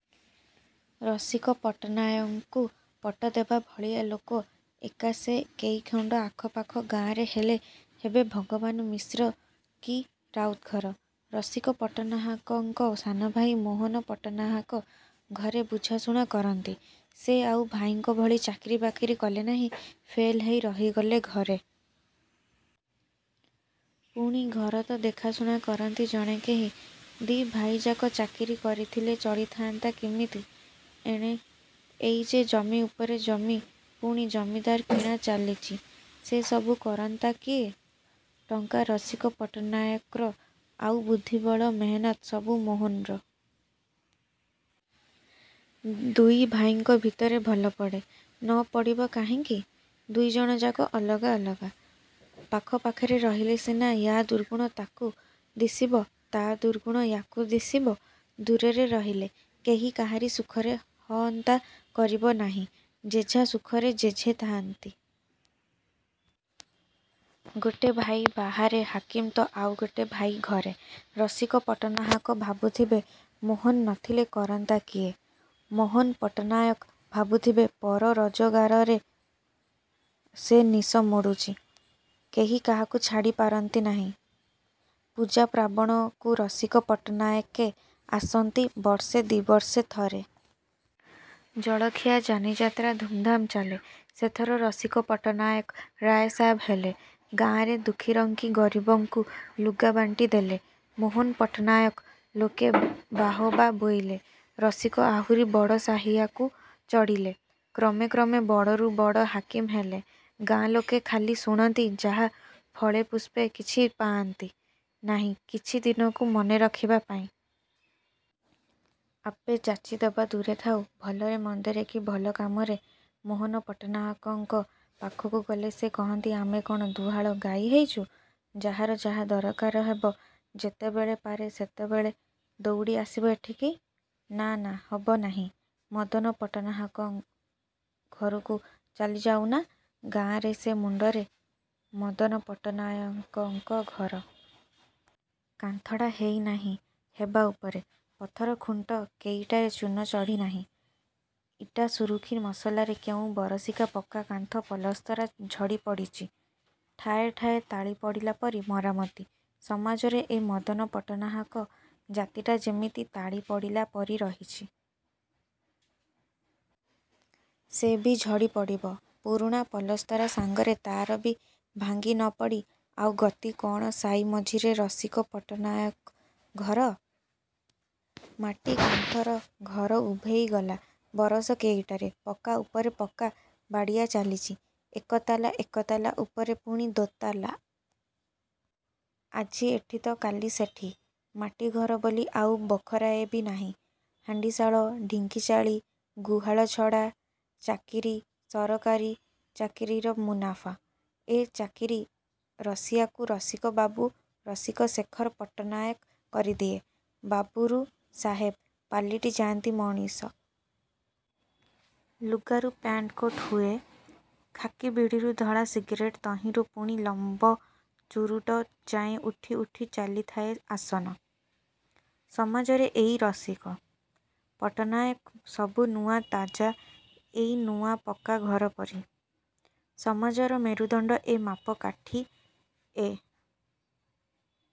ରସିକ ପଟ୍ଟନାୟକଙ୍କୁ ପଟ୍ଟ ଦେବା ଭଳିଆ ଲୋକ ଏକା ସେ କେଇଖଣ୍ଡ ଆଖପାଖ ଗାଁରେ ହେଲେ ହେବେ ଭଗବାନ ମିଶ୍ର କି ରାଉତ ଘର। ରସିକପଟ୍ଟନାହାକଙ୍କ ସାନଭାଇ ମୋହନ ପଟ୍ଟନାହାକ ଘରେ ବୁଝାଶୁଣା କରନ୍ତି। ସେ ଆଉ ଭାଇଙ୍କ ଭଳି ଚାକିରି ବାକିରି କଲେ ନାହିଁ, ଫେଲ ହେଇ ରହିଗଲେ ଘରେ। ପୁଣି ଘର ତ ଦେଖାଶୁଣା କରନ୍ତି ଜଣେ କେହି। ଦି' ଭାଇଯାକ ଚାକିରି କରିଥିଲେ ଚଳି ଥାଆନ୍ତା କିମିତି ଏଣେ। ଏଇ ଯେ ଜମି ଉପରେ ଜମି ପୁଣି ଜମିଦାର କିଣା ଚାଲିଚି ସେ ସବୁ କରନ୍ତା କିଏ? ଟଙ୍କା ରସିକ ପଟ୍ଟନାୟକର ଆଉ ବୁଦ୍ଧିବଳ ମେହନତ୍ ସବୁ ମୋହନର। ଦୁଇ ଭାଇଙ୍କ ଭିତରେ ଭଲପଡ଼େ। ନ ପଡ଼ିବ କାହିଁକି? ଦୁଇଜଣଯାକ ଅଲଗା ଅଲଗା। ପାଖ ପାଖରେ ରହିଲେ ସିନା ୟା ଦୁର୍ଗୁଣ ତାକୁ ଦିଶିବ ତା' ଦୁର୍ଗୁଣ ୟାକୁ ଦିଶିବ। ଦୂରରେ ରହିଲେ କେହି କାହାରି ସୁଖରେ ଅହନ୍ତା କରିବ ନାହିଁ। ଯେଝା ସୁଖରେ ଯେଝେ ଥାଆନ୍ତି। ଗୋଟେ ଭାଇ ବାହାରେ ହାକିମ ତ ଆଉ ଗୋଟେ ଭାଇ ଘରେ। ରସିକ ପଟ୍ଟନାହାକ ଭାବୁଥିବେ ''ମୋହନ ନଥିଲେ କରନ୍ତା କିଏ। '' ମୋହନ ପଟ୍ଟନାୟକ ଭାବୁଥିବେ ପର ରୋଜଗାରରେ ସେ ନିଶ ମୋଡ଼ୁଚି। କେହି କାହାକୁ ଛାଡ଼ି ପାରନ୍ତି ନାହିଁ । ପୂଜା ପାର୍ବଣକୁ ରସିକ ପଟ୍ଟନାୟକେ ଆସନ୍ତି ବର୍ଷେ ଦିବର୍ଷେ ଥରେ। ଖିଆ ପିଆ, ଯାନିଯାତ୍ରା ଧୁମ୍ଧାମ୍ ଚାଲେ। ସେଥର ରସିକ ପଟ୍ଟନାୟକ ରାୟ ସାହେବ ହେଲେ। ଗାଁରେ ଦୁଃଖିରଙ୍କି ଗରିବଙ୍କୁ ଲୁଗା ବାଣ୍ଟି ଦେଲେ ମୋହନପଟ୍ଟନାୟକ। ଲୋକେ ବାହବା ବୋଇଲେ। ରସିକ ଆହୁରି ବଡ଼ ସାହିଆକୁ ଚଢ଼ିଲେ। କ୍ରମେ କ୍ରମେ ବଡ଼ରୁ ବଡ଼ ହାକିମ ହେଲେ। ଗାଁ ଲୋକେ ଖାଲି ଶୁଣନ୍ତି ଯାହା ଫଳେପୁଷ୍ପେ କିଛି ପାଆନ୍ତି ନାହିଁ କିଛିଦିନକୁ ମନେରଖିବା ପାଇଁ। ଆପେ ଯାଚି ଦବା ଦୂରେ ଥାଉ, ଭଲରେ ମନ୍ଦରେ କି ଭଲକାମରେ ମୋହନ ପଟ୍ଟନାହାକଙ୍କ ପାଖକୁ ଗଲେ, ସେ କହନ୍ତି ଆମେ କ'ଣ ଦୁହାଁଳ ଗାଈ ହେଇଛୁ? ଯାହାର ଯାହା ଦରକାର ହେବ, ଯେତେବେଳେ ପାରେ ସେତେବେଳେ ଦଉଡ଼ି ଆସିବ ଏଠିକି? ନା ନା ହବ ନାହିଁ, ମଦନ ପଟ୍ଟନାହାକ ଘରକୁ ଚାଲିଯାଉ ନା'' ଗାଁର ସେ ମୁଣ୍ଡରେ ମଦନପଟ୍ଟନାୟକଙ୍କ ଘର। କାନ୍ଥଡ଼ା ହେଇ ନାହିଁ ହେବା ଉପରେ । ପଥର ଖୁଣ୍ଟ କେଇଟାରେ ଚୂନ ଚଢ଼ି ନାହିଁ। ଇଟା ଶୁରୁଖୀ ମସଲାରେ କେଉଁ ବରଷିକା ପକ୍କା କାନ୍ଥ ପଲସ୍ତରା ଝଡ଼ି ପଡ଼ିଚି। ଠାଏ ଠାଏ ତାଳି ପଡ଼ିଲା ପରି ମରାମତି। ସମାଜରେ ଏ ମଦନ ପଟ୍ଟନାହାକ ଜାତିଟା ଯେମିତି ତାଳିପଡ଼ିଲା ପରି ରହିଚି। ସେ ବି ଝଡ଼ି ପଡ଼ିବ। ପୁରୁଣା ପଲସ୍ତରା ସାଙ୍ଗରେ ତା'ରବି ଭାଙ୍ଗି ନପଡ଼ି ଆଉ ଗତି କ'ଣ ସାଇ ମଝିରେ ରସିକ ପଟ୍ଟନାୟକ ଘର। ମାଟି କାନ୍ଥର ଘର ଉଭେଇଗଲା ବରଷ କେଇଟାରେ। ପକ୍କା ଉପରେ ପକ୍କା ବାଡ଼ିଆ ଚାଲିଚି। ଏକତାଲା ଏକତାଲା ଉପରେ ପୁଣି ଦୋତାଲା। ଆଜି ଏଠି ତ କାଲି ସେଠି। ମାଟି ଘର ବୋଲି ଆଉ ବଖରାଏବି ନାହିଁ ହାଣ୍ଡିଶାଳ, ଢିଙ୍କି ଚାଳି, ଗୁହାଳ ଛଡ଼ା। ଚାକିରି। ସରକାରୀ ଚାକିରିର ମୁନାଫା। ଏ ଚାକିରି, ରସିଆକୁ ରସିକବାବୁ ରସିକ ଶେଖର ପଟ୍ଟନାୟକ କରିଦିଏ। ବାବୁରୁ ସାହେବ ପାଲଟି ଯାନ୍ତି ମଣିଷ। ଲୁଗାରୁ ପ୍ୟାଣ୍ଟ କୋଟ୍ ହୁଏ। ଖାକି ବିଡ଼ିରୁ ଧଳା ସିଗାରେଟ୍ ତହିଁରୁ ପୁଣି ଲମ୍ବ ଚୁରୁଟ ଯାଏଁ ଉଠି ଉଠି ଚାଲିଥାଏ ଆସନ। ସମାଜରେ ଏଇ ରସିକ। ପଟ୍ଟନାୟକ ସବୁ ନୂଆ, ତାଜା, ଏଇ ନୂଆ ପକ୍କାଘର ପରି। ସମାଜର ମେରୁଦଣ୍ଡ ଏମାପ କାଠି ଏ।